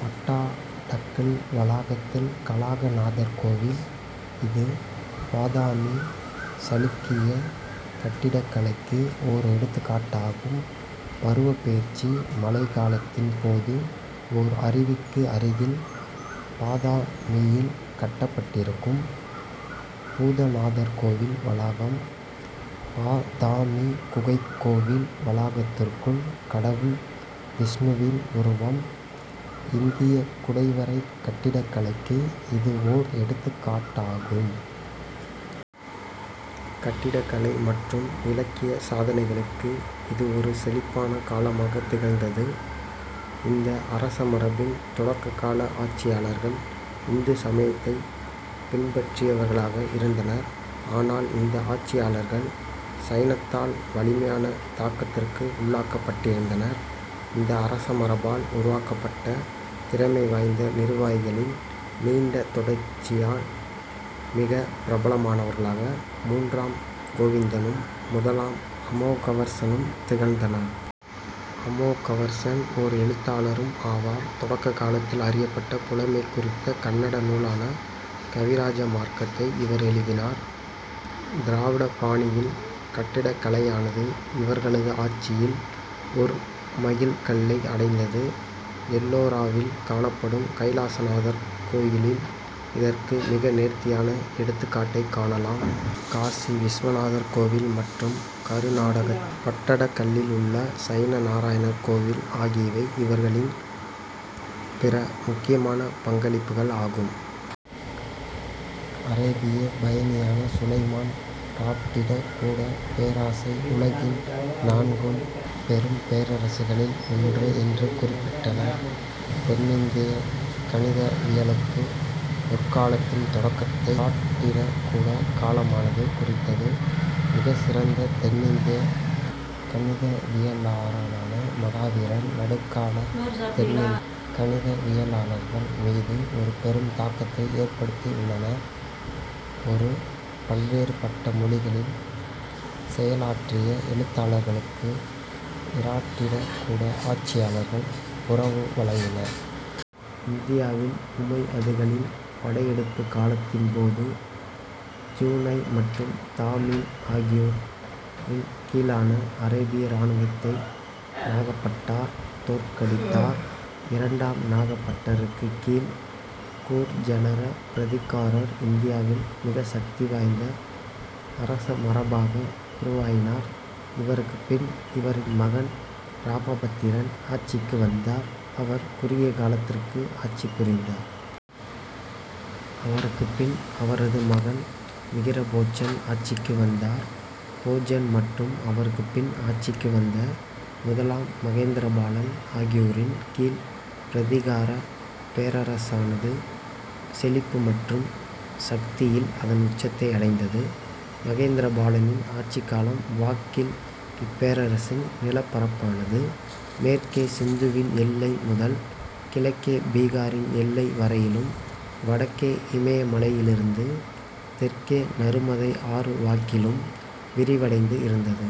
பட்டாடக்கல் வளாகத்தில் கலாகநாதர் கோயில். இது பாதமி சளுக்கிய கட்டடக்கலைக்கு ஓர் எடுத்துக்காட்டாகும் பருவப் பெயர்ச்சி மழைக் காலத்தின் போது ஓர் அருவிக்கு அருகில் பாதமியில் கட்டப்பட்டிருக்கும் பூதநாதர் கோயில் வளாகம். பாதாமி குகைக் கோயில் வளாகத்திற்குள் கடவுள் விஷ்ணுவின் உருவம். இந்தியக் குடைவரைக் கட்டடக்கலைக்கு இது ஓர் எடுத்துக்காட்டாகும். கட்டடக் கலை மற்றும் இலக்கியச் சாதனைகளுக்கு இது ஒரு செழிப்பான காலமாகத் திகழ்ந்தது. இந்த அரசமரபின் தொடக்க கால ஆட்சியாளர்கள் இந்து சமயத்தைப் பின்பற்றியவர்களாக இருந்தனர். ஆனால், இந்த ஆட்சியாளர்கள் சைனத்தால் வலிமையான தாக்கத்திற்கு உள்ளாக்கப்பட்டிருந்தனர். இந்த அரசமரபால் உருவாக்கப்பட்ட திறமை வாய்ந்த நிர்வாகிகளின் நீண்ட தொடர்ச்சியில் மிகப் பிரபலமானவர்களாக மூன்றாம் கோவிந்தனும், முதலாம் அமோகவர்சனும் திகழ்ந்தனர். அமோகவர்சன் ஓர் எழுத்தாளரும் ஆவார். தொடக்க காலத்தில் அறியப்பட்ட, புலமை குறித்த கன்னட நூலான கவிராஜமார்க்கத்தை இவர் எழுதினார். திராவிட பாணியில் கட்டடக்கலையானது இவர்களது ஆட்சியில் ஒரு மைல் கல்லை அடைந்தது. எல்லோராவில் காணப்படும் கைலாசநாதர் கோயிலில் இதற்கு மிக நேர்த்தியான எடுத்துக்காட்டைக் காணலாம். காசி விசுவநாதர் கோயில் மற்றும் கருநாடகத்தின் பட்டடக்கல்லில் உள்ள சைன நாராயணர் கோயில் ஆகியவை இவர்களின் பிற முக்கியமான பங்களிப்புகள் ஆகும். அரேபியப் பயணியான சுலைமான் இராட்டிரகூடப் பேரரசை உலகின் நான்கு பெரும் பேரரசுகளில் ஒன்று என்று குறிப்பிட்டார். தென்னிந்திய கணிதவியலுக்கு பொற்காலத்தின் தொடக்கத்தை இராட்டிரகூட காலமானது குறித்தது. மிகச் சிறந்த தென்னிந்திய கணிதவியலாளரான மகாவீரர் நடுக்கால தென்னிந்திய கணிதவியலாளர்கள் மீது ஒரு பெரும் தாக்கத்தை ஏற்படுத்தியுள்ளார். ஒரு பல்வேறுபட்ட மொழிகளில் செயலாற்றிய எழுத்தாளர்களுக்கு இராட்டிரகூட ஆட்சியாளர்கள் புரவு வழங்கினர். இந்தியாவில் உமையதுகளின் படையெடுப்புக் காலத்தின் போது ஜுனைத் மற்றும் தாமீன் ஆகியோரின் கீழான அரேபிய இராணுவத்தை நாகபட்டர் தோற்கடித்தார். இரண்டாம் நாகபட்டருக்குக் கீழ் கூர்ஜர-பிரதிகாரர் இந்தியாவில் மிக சக்தி வாய்ந்த அரசமரபாக உருவாயினர். இவருக்குப்பின் இவரின் மகன் இராமபத்திரன் ஆட்சிக்கு வந்தார். அவர் குறுகிய காலத்திற்கு ஆட்சி புரிந்தார். அவருக்குப் பின் அவரது மகன் மிகிர போஜன் ஆட்சிக்கு வந்தார். போஜன் மற்றும் அவருக்கு பின் ஆட்சிக்கு வந்த முதலாம் மகேந்திரபாலன் ஆகியோரின் கீழ் பிரதிகாரப் பேரரசானது செழிப்பு மற்றும் சக்தியில் அதன் உச்சத்தை அடைந்தது. மகேந்திரபாலனின் ஆட்சிக் காலம் வாக்கில் இப்பேரரசின் நிலப்பரப்பானது மேற்கே சிந்துவின் எல்லை முதல் கிழக்கே பீகாரின் எல்லை வரையிலும், வடக்கே இமயமலையிலிருந்து தெற்கே நருமதை ஆறு வாக்கிலும் விரிவடைந்தது இருந்தது.